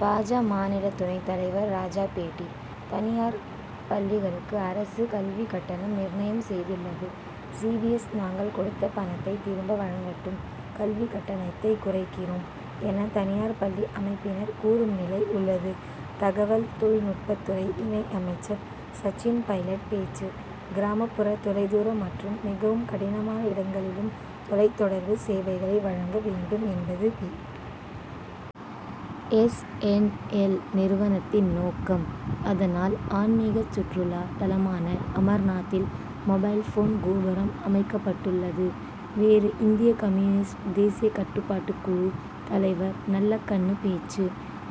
பா. ஜ., மாநில துணைத் தலைவர் ராஜா பேட்டி: தனியார் பள்ளிகளுக்கு அரசு கல்வி கட்டணம் நிர்ணயம் செய்துள்ளது. சி. பி. எஸ். "நாங்கள் கொடுத்த பணத்தை திரும்ப வழங்கட்டும், கல்வி கட்டணத்தை குறைக்கிறோம்' என, தனியார் பள்ளி அமைப்பினர் கூறும் நிலை உள்ளது. தகவல் தொழில் நுட்பத்துறை இணை அமைச்சர் சச்சின் பைலட் பேச்சு: கிராமப்புற, தொலைதூர மற்றும் மிகவும் கடினமான இடங்களிலும் தொலைத் தொடர்பு சேவைகளை வழங்க வேண்டும் என்பது பி. எஸ். என். எல்., நிறுவனத்தின் நோக்கம். அதனால், ஆன்மிக சுற்றுலா தலமான அமர்நாத்தில் மொபைல்போன் கோபுரம் அமைக்கப்பட்டுள்ளது. வேறு இந்திய கம்யூனிஸ்ட் தேசிய கட்டுப்பாட்டு குழு தலைவர்நல்லகண்ணு பேச்சு: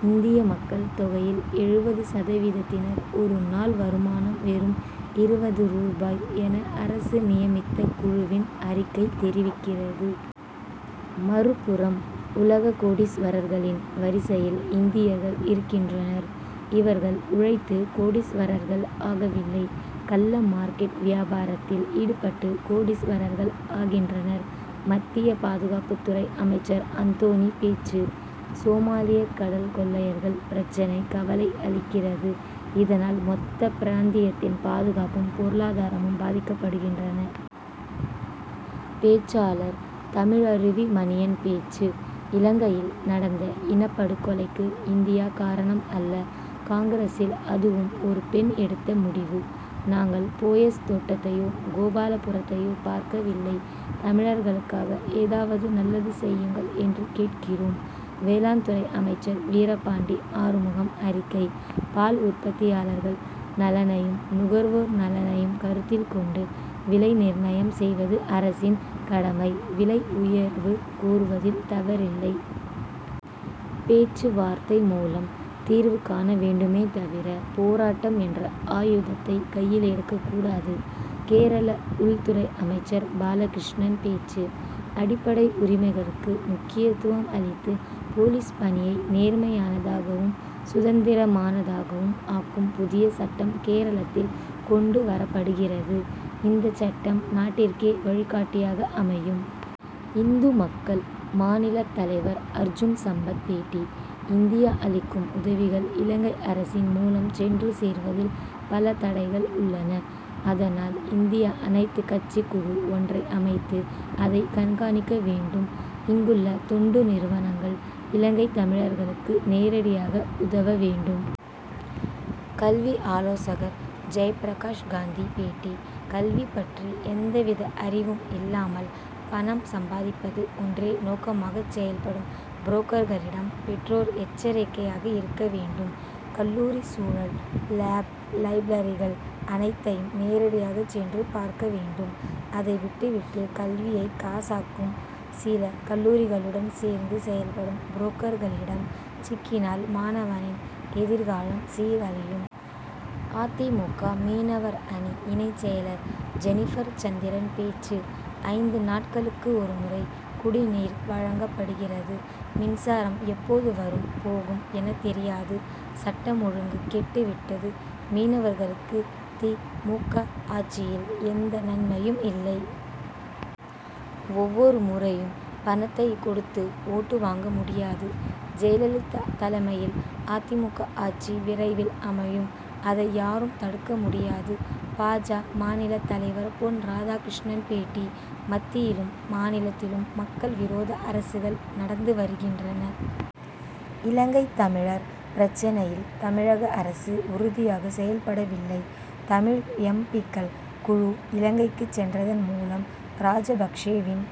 இந்திய மக்கள் தொகையில் எழுவது சதவீதத்தினர், ஒரு நாள் வருமானம் வெறும் இருவது ரூபாய் என, அரசு நியமித்த குழுவின் அறிக்கை தெரிவிக்கிறது. மறுபுறம், உலக கோடீஸ்வரர்களின் வரிசையில் இந்தியர்கள் இருக்கின்றனர். இவர்கள் உழைத்து கோடீஸ்வரர்கள் ஆகவில்லை. கள்ள மார்க்கெட் வியாபாரத்தில் ஈடுபட்டு கோடீஸ்வரர்கள் ஆகின்றனர். மத்திய பாதுகாப்புத் துறை அமைச்சர் அந்தோணி பேச்சு: சோமாலிய கடல் கொள்ளையர்கள் பிரச்னை கவலை அளிக்கிறது. இதனால், மொத்த பிராந்தியத்தின் பாதுகாப்பும், பொருளாதாரமும் பாதிக்கப்படுகின்றன. பேச்சாளர் தமிழருவி மணியன் பேச்சு: இலங்கையில் நடந்த இனப் படுகொலைக்கு இந்தியா காரணம் அல்ல. காங்கிரசில், அதுவும் ஒரு பெண் எடுத்த முடிவு. நாங்கள் போயஸ் தோட்டத்தையோ, கோபாலபுரத்தையோ பார்க்கவில்லை. தமிழர்களுக்காக ஏதாவது நல்லது செய்யுங்கள் என்று கேட்கிறோம். வேளாண் துறை அமைச்சர் வீரபாண்டி ஆறுமுகம் அறிக்கை: பால் உற்பத்தியாளர்கள் நலனையும், நுகர்வோர் நலனையும் கருத்தில் கொண்டு, விலை நிர்ணயம் செய்வது அரசின் கடமை; விலை உயர்வு கோருவதில் தவறில்லை. பேச்சு வார்த்தை மூலம் தீர்வு காண வேண்டுமே தவிர, போராட்டம் என்ற ஆயுதத்தை கையில் எடுக்கக்கூடாது. கேரள உள்துறை அமைச்சர் பாலகிருஷ்ணன் பேச்சு: அடிப்படை உரிமைகளுக்கு முக்கியத்துவம் அளித்து, போலீஸ் பணியை நேர்மையானதாகவும், சுதந்திரமானதாகவும் ஆக்கும் புதிய சட்டம் கேரளத்தில் கொண்டு வரப்படுகிறது. இந்த சட்டம் நாட்டிற்கே வழிகாட்டியாக அமையும். இந்து மக்கள் மாநிலத் தலைவர் அர்ஜுன் சம்பத் பேட்டி: இந்தியா அளிக்கும் உதவிகள் இலங்கை அரசின் மூலம் சென்று சேர்வதில் பல தடைகள் உள்ளன. அதனால், இந்தியா அனைத்து கட்சிக் குழு ஒன்றை அமைத்து அதை கண்காணிக்க வேண்டும். இங்குள்ள தொண்டு நிறுவனங்கள் இலங்கைத் தமிழர்களுக்கு நேரடியாக உதவ வேண்டும். கல்வி ஆலோசகர் ஜெயப்பிரகாஷ் காந்தி பேட்டி: கல்வி பற்றி எந்தவித அறிவும் இல்லாமல் பணம் சம்பாதிப்பது ஒன்றே நோக்கமாகச் செயல்படும் புரோக்கர்களிடம் பெற்றோர் எச்சரிக்கையாக இருக்க வேண்டும். கல்லூரி சூழல், லேப், லைப்ரரிகள் அனைத் தையும் நேரடியாக சென்று பார்க்க வேண்டும். அதை விட்டுவிட்டு கல்வியைக் காசாக்கும் சில கல்லூரிகளுடன் சேர்ந்து செயல்படும் புரோக்கர்களிடம் சிக்கினால் மாணவனின் எதிர்காலம் சீரழியும். அ. தி. மு. க., மீனவர் அணி இணை செயலர் ஜெனிபர் சந்திரன் பேச்சு: ஐந்து நாட்களுக்கு ஒரு முறை குடிநீர் வழங்கப்படுகிறது. மின்சாரம் எப்போது வரும் போகும் எனத் தெரியாது. சட்டம் ஒழுங்கு கெட்டு விட்டது. மீனவர்களுக்கு தி. மு. க., ஆட்சியில் எந்த நன்மையும் இல்லை. ஒவ் வொரு முறையும் பணத்தை கொடுத்து ஓட்டு வாங்க முடியாது. ஜெயலலிதா தலைமையில் அ. தி. மு. க., ஆட்சி விரைவில் அமையும். அதை யாரும் தடுக்க முடியாது. பா. ஜ., மாநிலத் தலைவர் பொன். ராதாகிருஷ்ணன் பேட்டி: மத்தியிலும், மாநிலத்திலும் மக்கள் விரோத அரசுகள் நடந்து வருகின்றன. இலங்கைத் தமிழர் பிரச்னையில், தமிழக அரசு உறுதியாக செயல்படவில்லை. தமிழ் எம். பி.,க்கள் குழு, இலங்கைக்கு சென்றதன் மூலம், ராஜபக்ஷேவின்